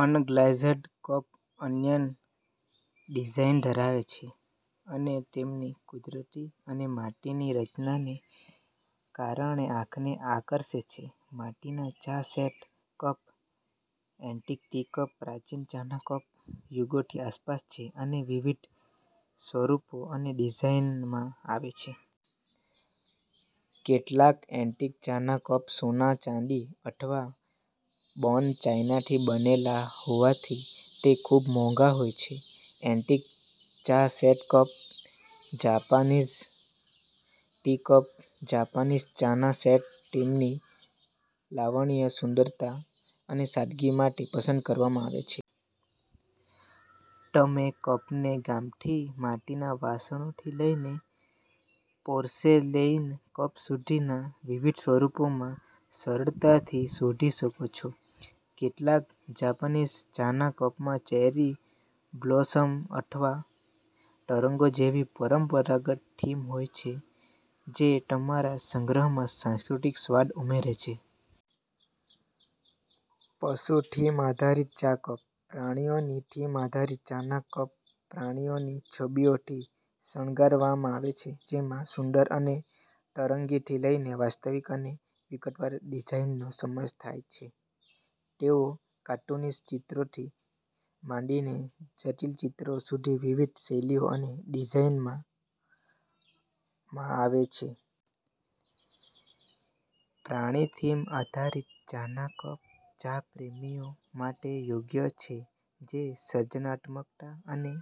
Unglazed cup અનન્ય design ધરાવે છે અને તેમની કુદરતી અને માટીની રચનાને કારણે આંખને આકર્ષે છે. માટીના ચા set cup. Antique tea cup. પ્રાચીન ચાના કપ યુગોથી આસપાસ છે અને વિવિધ સ્વરૂપો અને ડિઝાઇનમાં આવે છે. કેટલાક એન્ટિક ચાના કપ સોના, ચાંદી અથવા બોન ચાઈનાથી બનેલા હોવાથી તે ખૂબ મોંઘા હોય છે. એન્ટિક ચા set cup. Japanese tea cup. Japanese ચાના સેટ તેમની લાવણ્ય, સુંદરતા અને સાદગી માટે પસંદ કરવામાં આવે છે. તમે કપને ગામઠી માટીના વાસણોથી લઈને પોર્સેલેઈન કપ સુધીના વિવિધ સ્વરૂપોમાં સરળતાથી શોધી શકો છો. કેટલાક જાપાનીઝ ચાના કપમાં ચેરી બ્લોસમ અથવા તરંગો જેવી પરંપરાગત થીમ હોય છે, જે તમારા સંગ્રહમાં સાંસ્કૃતિક સ્વાદ ઉમેરે છે. પશુ-થીમ આધારિત ચા કપ. પ્રાણીઓની થીમ આધારિત ચાના કપ પ્રાણીઓની છબીઓથી શણગારવામાં આવે છે, જેમાં સુંદર અને તરંગીથી લઈને વાસ્તવિક અને વિગતવાર ડિઝાઇનનો સમાવેશ થાય છે. તેઓ કાર્ટૂનિશ ચિત્રોથી માંડીને જટિલ ચિત્રો સુધી વિવિધ શૈલીઓ અને ડિઝાઇનમાં આવે છે. પ્રાણી-થીમ આધારિત ચાના કપ ચા પ્રેમીઓ માટે યોગ્ય છે જે સર્જનાત્મકતા અને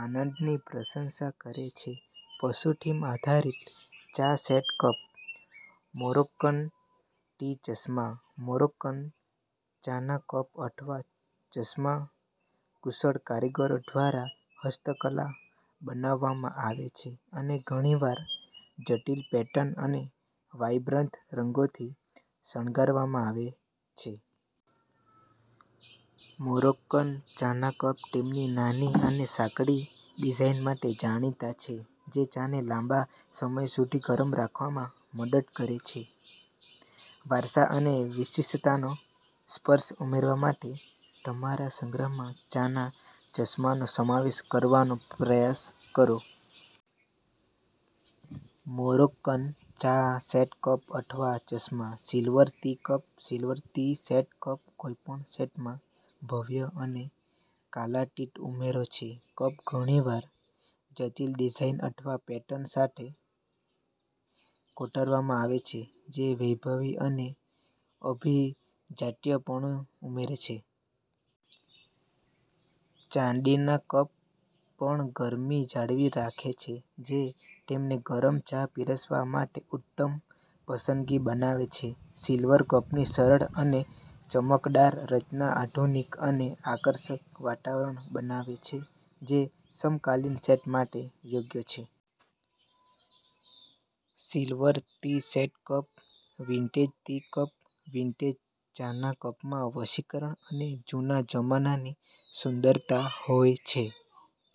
આનંદની પ્રશંસા કરે છે. પશુ-થીમ આધારિત ચા સેટ કપ. મોરોક્કન ટી ચશ્મા. મોરોક્કન ચાના કપ અથવા ચશ્મા કુશળ કારીગરો દ્વારા હસ્તકલા બનાવવામાં આવે છે અને ઘણીવાર જટિલ પેટર્ન અને વાઇબ્રન્ટ રંગોથી શણગારવામાં આવે છે. મોરોક્કન ચાના કપ તેમની નાની અને સાંકડી ડિઝાઇન માટે જાણીતા છે, જે ચાને લાંબા સમય સુધી ગરમ રાખવામાં મદદ કરે છે. વારસા અને વિશિષ્ટતાનો સ્પર્શ ઉમેરવા માટે તમારા સંગ્રહમાં ચાના ચશ્માનો સમાવેશ કરવાનો પ્રયાસ કરો. મોરોક્કન ચા સેટ કપ અથવા ચશ્મા. Silver tea cup. Silver tea set cup કોઈપણ સેટમાં ભવ્ય અને કાલાતીત ઉમેરો છે. કપ ઘણીવાર જટિલ ડિઝાઇન અથવા પેટર્ન સાથે કોતરવામાં આવે છે, જે વૈભવી અને અભિજાત્યપણુ ઉમેરે છે. ચાંદીના કપ પણ ગરમી જાળવી રાખે છે, જે તેમને ગરમ ચા પીરસવા માટે ઉત્તમ પસંદગી બનાવે છે. સિલ્વર કપની સરળ અને ચમકદાર રચના આધુનિક અને આકર્ષક વાતાવરણ બનાવે છે, જે સમકાલીન સેટ માટે યોગ્ય છે. Silver tea set cup. Vintage tea cup. Vintage ચાના કપમાં વશીકરણ અને જૂના જમાનાની સુંદરતા હોય છે.